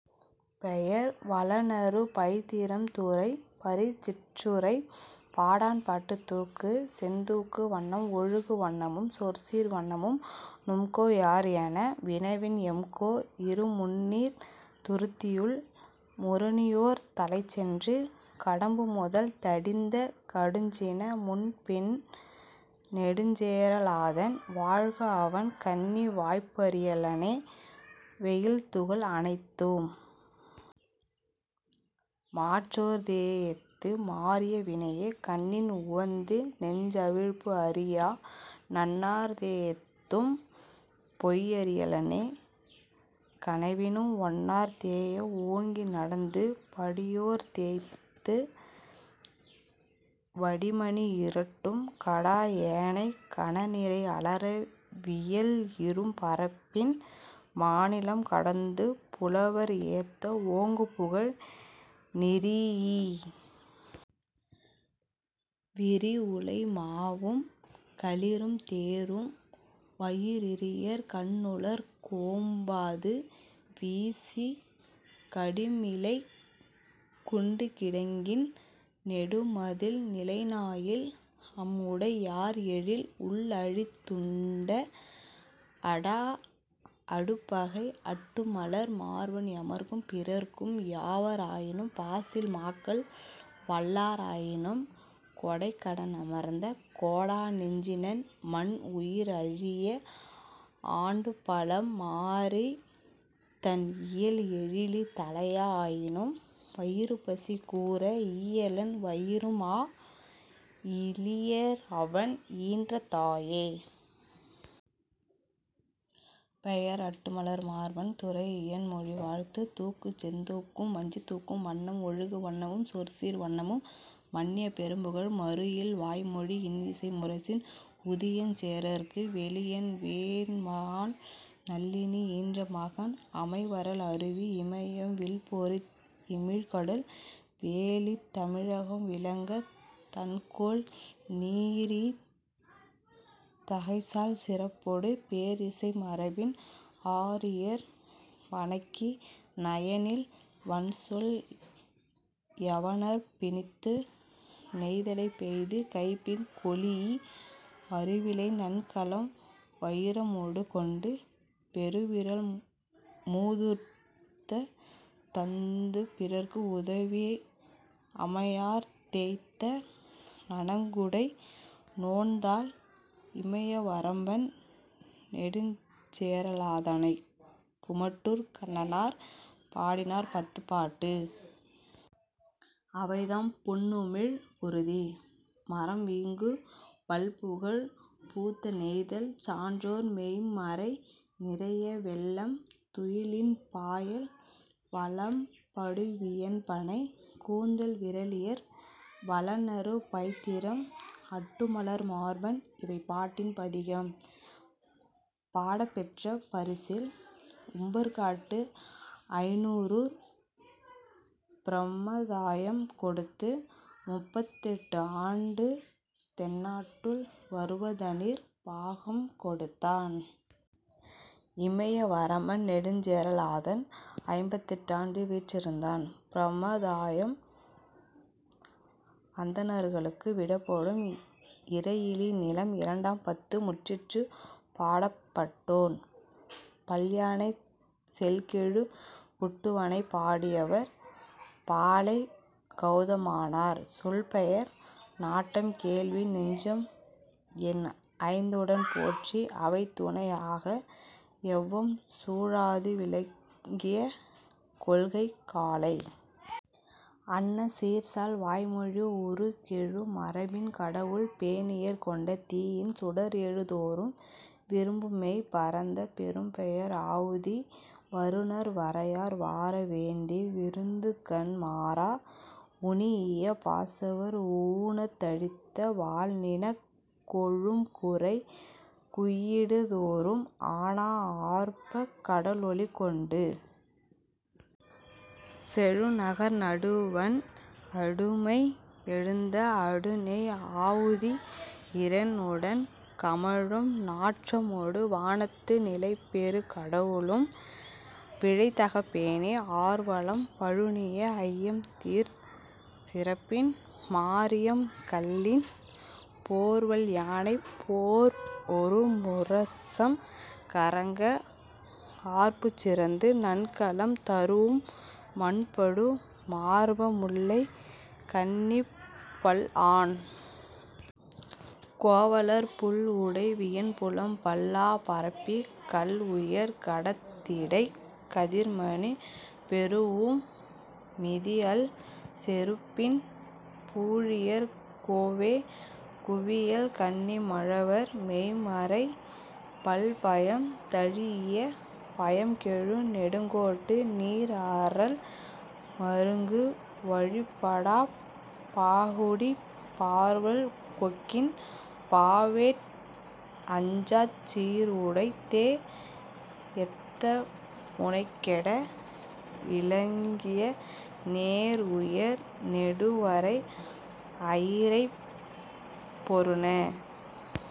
பெயர் வளனறு பைதிரம் துறை பரிசிற்றுறைப் பாடாண்பாட்டு தூக்கு செந்தூக்கு வண்ணம் ஒழுகு வண்ணமும் சொற்சீர் வண்ணமும் நும்கோ யார்என வினவின் எம்கோ இருமுந்நீர்த் துருத்தியுள் முரணியோர்த் தலைச்சென்று கடம்புமுதல் தடிந்த கடுஞ்சின முன்பின் நெடுஞ்சேர லாதன் வாழ்கஅவன் கண்ணி வாய்ப்அறி யலனே வெயில்துகள் அனைத்தும் மாற்றோர் தேஎத்து மாறிய வினையே கண்ணின் உவந்து நெஞ்அவிழ்பு அறியா நண்ணார் தேஎத்தும் பொய்ப்அறி யலனே கனவினும், ஒன்னார் தேய ஓங்கி நடந்து படியோர்த் தேய்த்து வடிமணி இரட்டும் கடாஅ யானைக் கணநிரை அலற வியல்இரும் பரப்பின் மாநிலம் கடந்து புலவர் ஏத்த ஓங்குபுகழ் நிறீஇ விரிஉளை மாவும் களிறும் தேரும் வயிரியர் கண்ணுளர்க் ஓம்பாது வீசிக் கடிமிளைக் குண்டுகிடங்கின் நெடுமதில் நிலைஞாயில் அம்உடை யார்எயில் உள்அழித் உண்ட அடாஅ அடுபகை அட்டுமலர் மார்பன் எமர்க்கும் பிறர்க்கும் யாவர் ஆயினும் பாசில் மாக்கள் வல்லார் ஆயினும் கொடைக்கடன் அமர்ந்த கோடா நெஞ்சினன் மன்உயிர் அழிய யாண்டுபல மாறித் தண்இயல் எழிலி தலையா ஆயினும் வயிறுபசி கூர ஈயலன் வயிறும்ஆ இலீயர்அவன் ஈன்ற தாயே. பெயர் அட்டுமலர் மார்பன் துறை இயன்மொழி வாழ்த்து தூக்கு செந்தூக்கும் வஞ்சித்தூக்கும் வண்ணம் ஒழுகு வண்ணமும் சொற்சீர் வண்ணமும் மன்னிய பெரும்புகழ் மறுஇல் வாய்மொழி இன்இசை முரசின் உதியஞ் சேரற்கு வெளியன் வேண்மாள் நல்லினி ஈன்றமகன் அமைவரல் அருவி இமையம் வில்பொறித் இமிழ்கடல் வேலித் தமிழகம் விளங்கத் தன்கோல் நிறீஇத் தகைசால் சிறப்பொடு பேர்இசை மரபின் ஆரியர் வணக்கி நயன்இல் வன்சொல் யவனர்ப் பிணித்து நெய்தலைப் பெய்து கைபின் கொளீஇ அருவிலை நன்கலம் வயிரமொடு கொண்டு பெருவிறல் மூதூர்த் தந்துபிறர்க் உதவி அமையார்த் தேய்த்த அணங்உடை நோன்தாள் இமையவரம்பன் நெடுஞ்சேரலாதனைக் குமட்டூர்க் கண்ணனார் பாடினார் பத்துப்பாட்டு. அவைதாம்: புண்ணுமிழ் குருதி, மறம்வீங்கு பல்புகழ், பூத்த நெய்தல், சான்றோர் மெய்ம்மறை, நிரைய வெள்ளம், துயிலின் பாயல், வலம்படுவியன்பணை, கூந்தல் விறலியர், வளனறு பைதிரம், அட்டுமலர்மார்பன் இவை பாட்டின் பதிகம். பாடிப்பெற்ற பரிசில்: உம்பற்காட்டு ஐந்நூறூர் பிரமதாயம் கொடுத்து முப்பத்தெட்டுயாண்டு தென்னாட்டுள் வருவதனிற் பாகம் கொடுத்தான். இமைய வரம்பன் நெடுஞ்சேரலாதன் ஐம்பத்தெட்டுயாண்டு வீற்றிருந்தான். பிரமதாயம் அந்தணர்களுக்கு விடப்படும் இறையிலி நிலம் இரண்டாம் பத்து முற்றிற்று பாடப்பட்டோன்: பல்யானைச் செல்கெழு குட்டுவனைப் பாடியவர்: பாலைக் கெளதமனார் சொல்பெயர் நாட்டம் கேள்வி நெஞ்சம்என் ஐந்உடன் போற்றி அவைதுணை ஆக எவ்வம் சூழாது விளங்கிய கொள்கைக் காலை அன்ன சீர்சால் வாய்மொழி உருகெழு மரபின் கடவுள் பேணியர் கொண்ட தீயின் சுடர்எழு தோறும் விரும்புமெய் பரந்த பெரும்பெயர் ஆவுதி வருநர் வரையார் வார வேண்டி விருந்துகண் மாறா உணீஇய பாசவர் ஊனத் அழித்த வால்நிணக் கொழும்குறை குய்யிடு தோறும் ஆனா ஆர்ப்பக் கடல்ஒலி கொண்டு செழுநகர் நடுவண் அடுமை எழுந்த அடுநெய் ஆவுதி இரண்உடன் கமழும் நாற்றமொடு வானத்து நிலைபெறு கடவுளும் விழைதகப் பேணி ஆர்வளம் பழுனிய ஐயம்தீர் சிறப்பின் மாரிஅம் கள்ளின் போர்வல் யானைப் போர்ப்உறு முரசம் கறங்க ஆர்ப்புச்சிறந்து நன்கலம் தரூஉம் மண்படு மார்ப முல்லைக் கண்ணிப் பல்ஆன் கோவலர் புல்உடை வியன்புலம் பல்ஆ பரப்பிக் கல்உயர் கடத்இடைக் கதிர்மணி பெறூஉம் மிதிஅல் செருப்பின் பூழியர் கோவே குவியல் கண்ணி மழவர் மெய்ம்மறை பல்பயம் தழீஇய பயம்கெழு நெடுங்கோட்டு நீர்அறல் மருங்கு வழிப்படாப் பாகுடிப் பார்வல் கொக்கின் பாவேட் அஞ்சாச் சீர்உடைத் தேஎத்த முனைகெட விலங்கிய நேர்உயர் நெடுவரை அயிரைப் பொருந